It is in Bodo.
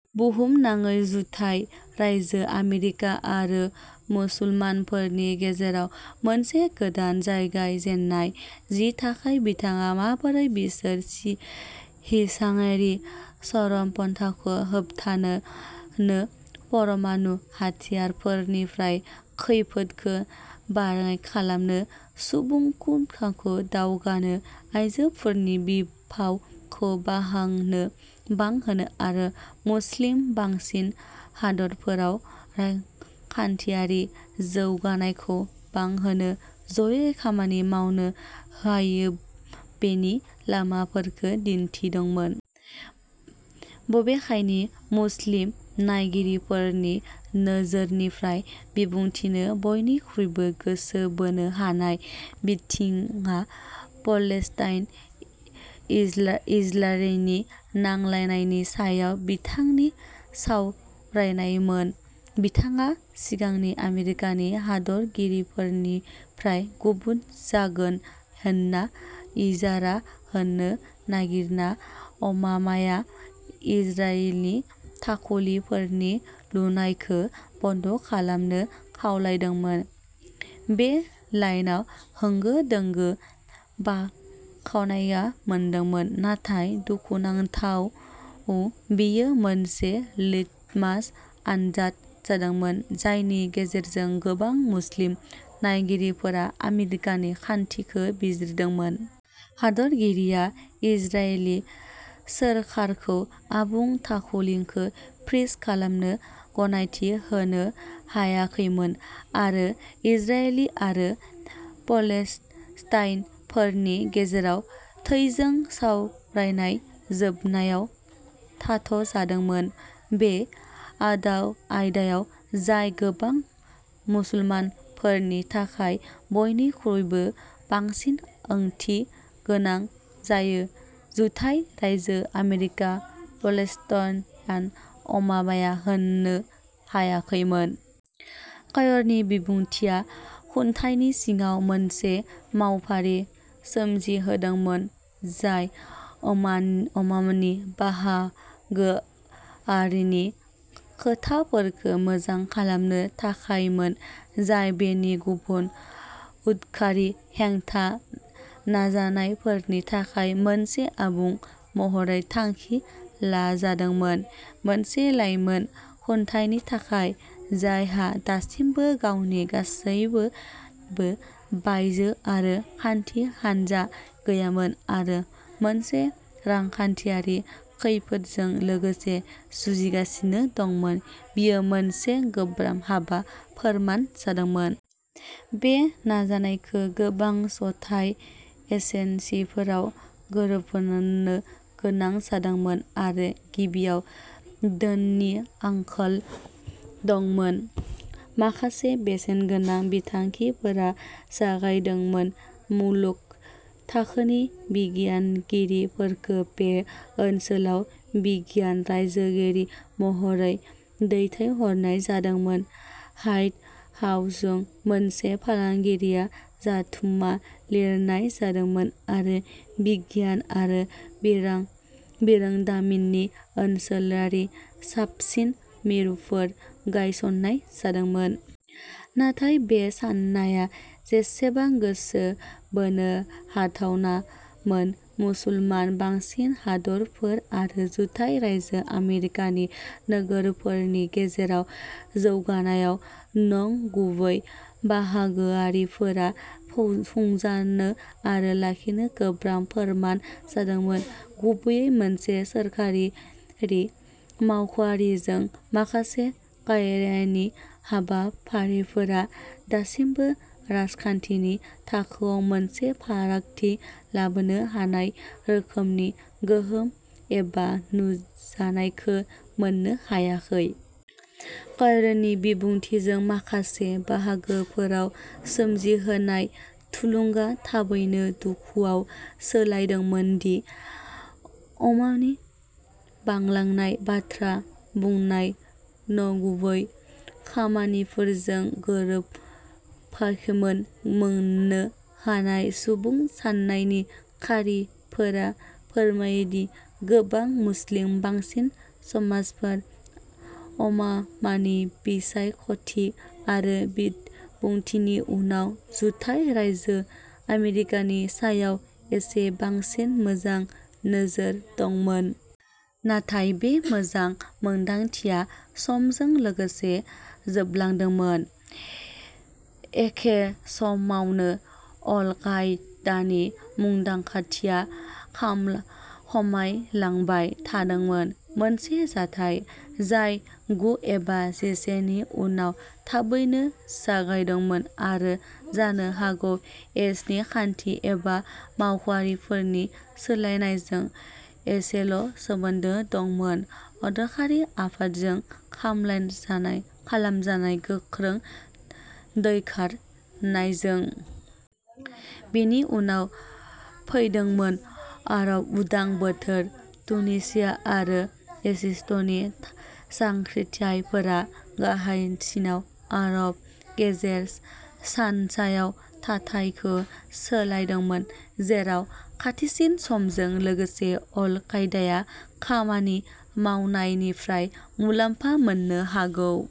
बुहुमनाङै जुथाइ रायजो आमेरिका आरो मुसलमानफोरनि गेजेराव "मोनसे गोदान जागायजेन्नाय" नि थाखाय बिथाङा माबोरै बिसोर हिंसायारि चरमपन्थाखौ होबथानो परमाणु हाथियारफोरनिफ्राय खैफोदखौ बाङाइ खालामनो सुबुंखुंथाइखौ दावगानो आयजोफोरनि बिफावखौ बांहोनो आरो मुस्लिम बांसिन हादोरफोराव रांखान्थियारि जौगानायखौ बांहोनो ज'यै खामानि मावनो हायोबेनि लामाफोरखौ दिन्थिदोंमोन। बबेखानि मुस्लिम नायगिरिफोरनि नोजोरनिफ्राय बिबुंथिनि बयनिख्रुइबो गोसो बोनो हानाय बिथिंआ पेलेस्टाइन इजराइलनि नांलायनायनि सायाव बिथांनि सावरायनायमोन। बिथाङा सिगांनि आमेरिकानि हादोरगिरिफोरनिफ्राय गुबुन जागोन होन्ना इसारा होनो नागिरना अबामाया इजरायली थाखुलिफोरनि लुनायखौ बन्द'खालामनो खावलायदोंमोन। बे लाइनआ होंगो-दोंगो बाखनायनाय मोनदोंमोन नाथाय दुखुनांथावै बेयो मोनसे लिटमास आनजाद जादोंमोन जायनि गेजेरजों गोबां मुस्लिम नायगिरिफोरा आमेरिकानि खान्थिखौ बिजिरदोंमोन। हादोरगिरिया इजरायली सोरखारखौ आबुं थाखुलिखौ फ्रीज खालामनो गनायथि होनो हायाखैमोन आरो इजरायली आरो पलेस्टाइनफोरनि गेजेराव थोंजों सावरायनाया जोबनायाव थाथ'जादोंमोन। बे आयदायाव जाय गोबां मुसलमानफोरनि थाखाय बयनिख्रुइबो बांसिन ओंथि गोनां जायो जुथाइ रायजो आमेरिका पलेस्टइन अमामाया होनो हायाखैमोन। कायर'नि बिबुंथिया खुंथायनि सिङाव मोनसे मावफारि सोमजिहोदोंमोन जाय अमान अमामानि बाहागोआरिनि खोथाफोरखौ मोजां खालामनो थाखायमोन जाय बेनि गुबुन उदखारि हेंथा नाजानायफोरनि थाखाय मोनसे आबुं महरै थांखि लाजादोंमोन। मोनसे लाइमोन खुंथायनि थाखाय जायहा दासिमबो गावनि गासिबो बायजोआरि खान्थि हानजा गैयामोन आरो मोनसे रांखान्थियारि खैफोदजों लोगोसे जुजिगासिनो दंमोन बेयो मोनसे गोब्राब हाबा फोरमान जादोंमोन। बे नाजानायखौ गोबां जथाय एजेन्सिफोराव गोरोबहोनो गोनां जादोंमोन आरो गिबियाव धोननि आंखाल दंमोन। माखासे बेसेनगोनां बिथांखिफोर जागायदोंमोन मुलुग थाखोनि बिगियानगिरिफोरखौ बे ओनसोलाव बिगियान रायजोगिरि महरै दैथायहरनाय जादोंमोन। ह्वाइट हाउसजों मोनसे फालांगियारि जथुम्मा लिंहरनाय जादोंमोन आरो बिगियान आरो बिरोंदामिननि ओनसोलारि साबसिन मिरुफोर गायसन्नाय जादोंमोन। नाथाय बे साननाया जेसेबां गोसो बोनो हाथावनामोन मुसलमान बांसिन हादोरफोर आरो जुथाइ रायजो आमेरिकानि नोगोरारिफोरनि गेजेराव जौगानायाव नंगुबै बाहागोआरिफोरा खुंजानो आरो लाखिनो गोब्राब फोरमान जादोंमोन गुबैयै मोनसे सोरखारि मावख'आरिजों। माखासे कायरोनि हाबाफारिफोरा दासिमबो राजखान्थिनि थाखोआव मोनसे फारागथि लाबोनो हानाय रोखोमनि गोहोम एबा नुजानायखौ मोननो हायाखै। कायरोनि बिबुंथिजों माखासे बाहागोफोराव सोमजिहोनाय थुलुंगाया थाबैनो दुखुआव सोलायदोंमोन दि अमानि बांलांनाय बाथ्रा बुंनाया नंगुबै खामानिफोरजों गोरोबाखैमोन। मोन्नो हानाय सुबुं सान्नायनि खारिफोरा फोरमायो दि गोबां मुस्लिम बांसिन समाजफोरा अबामानि बिसायख'थि आरो बिबुंथिनि उनाव जुथाइ रायजो आमेरिकानि सायाव एसे बांसिन मोजां नोजोर दंमोन। नाथाय बे मोजां मोन्दांथिया समजों लोगोसे जोबलांदोंमोन। एखे समावनो अल कायदानि मुंदांखाथिया खमायलांबाय थादोंमोन मोनसे जाथाय जाय गु एबा जिसे नि उनाव थाबैनो जागायदोंमोन आरो जानो हागौ एस. नि खान्थि एबा मावख'आरिफोरनि सोलायनायजों एसेल' सोमोन्दो दंमोन उदखारि आफादजों खालाम जानाय खालामजानाय गोख्रों थैखारनायजों। बेनि उनाव फैदोंमोन आरब उदां बोथोर। तुनिसिया आरो इजिप्टनि जांख्रिथायफोरा गाहायसिनाव आरब गेजेर सानजायाव थाथायखौ सोलायदोंमोन। जेराव खाथिसिन समजों लोगोसे अल कायदाया खामानि मावनायनिफ्राय मुलाम्फा मोननो हागौ।